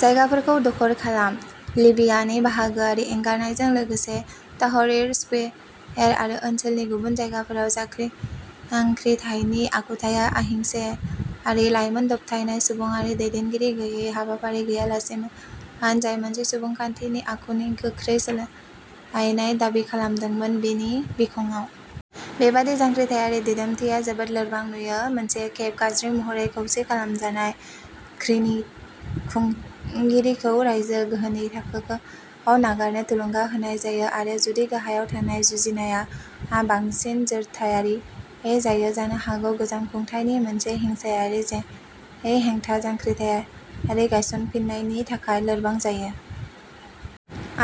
जायगाफोरखौ दखल खालाम। लिबियानि बाहागोआरि एंगारनायजों लोगोसे ताहरिर स्कुवेर आरो ओनसोलनि गुबुन जायगाफोराव जांख्रिथायनि आखुथाया अहिंसायारि, लाइमोन दबथायनाय, सुबुंआरि, दैदेनगिरि गैयै, हाबाफारि गैयालासेमोन, जाय मोनसे सुबुंखान्थियारि आखुनि गोख्रों सोलायनाय दाबि खालामदोंमोन। बेनि बिखंआव बेबादि जांख्रिथायारि दिदोमथिया जोबोद लोरबां नुयो, मोनसे खेब गाज्रि महरै खौसे खालामजानाय घृणित खुंगिरिखौ रायजो गोहोनि थाखोखौ नागारनो थुलुंगा होनाय जायो आरो जुदि गाहायाव थानाय जुजिनाया बांसिन जोरथायारि जायो, जानो हागौ गोजाम खुंथायनि मोनसे हिंसायारि हेंथा जांख्रिथायारि गायसनफिन्नायनि थाखाय लोरबां जायो।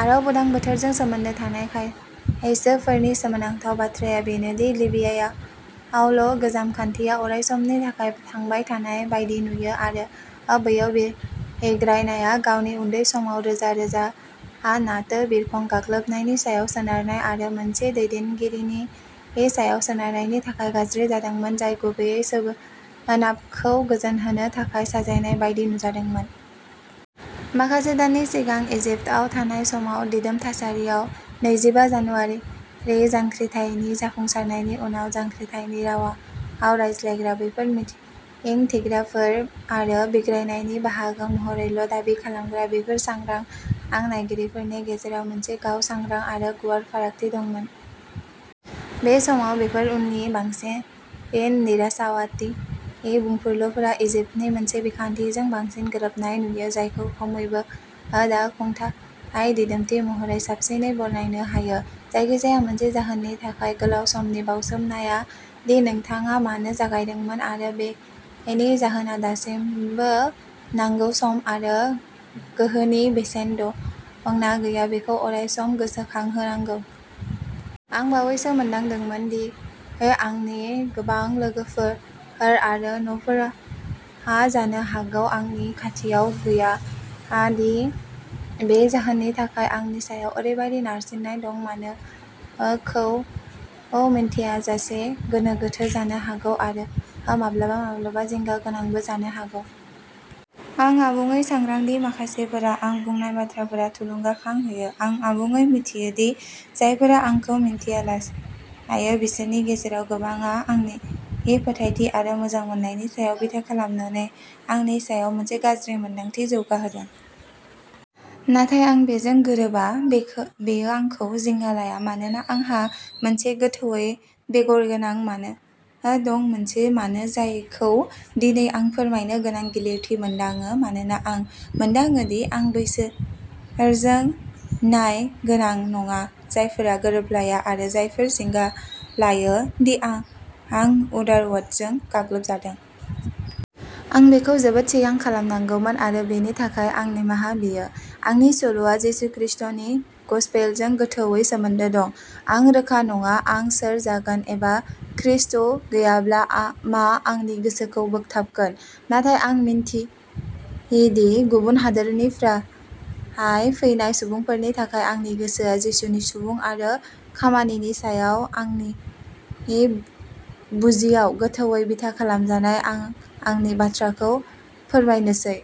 आरब उदां बोथोरजों सोमोन्दो थानाय खायसोफोरनि सोमोनांथाव बाथ्राया बेनो दि लिबियायावल' गोजाम खान्थिया अरायसमनि थाखाय थांबाय थानाय बायदि नुयो आरो बैयाव बिग्रायनाया गावनि उन्दै समाव रोजा-रोजा नाटो बिरखं गाग्लोबनायनि सायाव सोनारनाय आरो मोनसे दैदेनगिरिनि सायाव सोनारनायनि थाखाय गाज्रि जादोंमोन, जाय गुबैयै सोनाबखौ गोजोनहोनो थाखाय साजायनाय बायदि नुजादोंमोन। माखासे दाननि सिगां इजिप्टआव थानाय समाव, दिदोम थासारियाव। नैजिबा जानुआरि जांख्रिथायनि जाफुंसारनायनि उनाव जांख्रिथायनि रावाव रायज्लायग्रा बैफोर मिजिंथिग्राफोर आरो बिग्रायनायनि बाहागो महरैल' दाबि खालामग्रा बैफोर सांग्रां नायगिरिफोरनि गेजेराव मोनसे गाव-सांग्रां आरो गुवार फारागथि दंमोन। बे समाव, बेफोर उननि बांसिन निराशावादी बुंफुरलुफोरा इजिप्टनि मोनसे बिखान्थिजों बांसिन गोरोबनाय नुयो, जायखौ खमैबो दा खुंथाय दिदोमथि महरै साबसिनै बरनायनो हायो। जायखिजाया मोनसे जाहोननि थाखाय गोलाव समनि बाउसोमनाया दि नोंथाङा मानो जागायदोंमोन आरो बेनि जाहोनआ दासिमबो नांगौ सम आरो गोहोनि बेसेन दं ना गैया बेखौ अरायसम गोसोखांहोनांगौ। आं बावैसो मोनदांदोंमोन दि आंनि गोबां लोगोफोर आरो नखरफोरा जानो हागौ आंनि खाथियाव गैया दि बे जाहोननि थाखाय आंनि सायाव ओरैबादि नारसिननाय दं। मानो खौ मिन्थिङाजासे गोनो गोथो जानो हागौ आरो माब्लाबा माब्लाबा जिंगा गोनांबो जानो हागौ। आं आबुङै सांग्रां दि माखासेफोरा आं बुंनाय बाथ्राफोरा थुलुंगाखां होयो। आं आबुङै मिथियो दि जायफोरा आंखौ मिन्थिना लायो बिसोरनि गेजेराव गोबांआ आंनि फोथायथि आरो मोजांमोननायनि सायाव बिथा खालामनानै आंनि सायाव मोनसे गाज्रि मोनदांथि जौगाहोदों। नाथाय आं बेजों गोरोबा। बेयो आंखौ जिंगा लाया मानोना आंहा मोनसे गोथौवै बेगर गोनां मानो दं मोनसे मानो जायखौ दिनै आं फोरमायनो गोनां गिलिरथि मोनदाङो मानोना आं मोनदाङो दि आं बैसोरजों न्यायगोनां नङा जायफोरा गोरोबलाया आरो जायफोरा जिंगा लायो दि आं उदारवादजों गाग्लोबजादों। आं बेखौ जोबोद सिगां खालामनांगौमोन आरो बेनि थाखाय, आं निमाहा बियो। आंनि सल'आ जिसु खृस्टनि गसपेलजों गोथौवै सोमोन्दो दं। आं रोखा नङा आं सोर जागोन एबा खृष्ट गैयाब्ला मा आंनि गोसोखौ बोगथाबगोन नाथाय आं मिन्थिदि गुबुन हादोरनिफ्राय फैनाय सुबुंफोरनि थाखाय आंनि गोसोआ जिसुनि सुबुं आरो खामानिनि सायाव आंनि बुजियाव गोथौवै बिथा खालामजानाय। आं आंनि बाथ्राखौ फोरमायनोसै।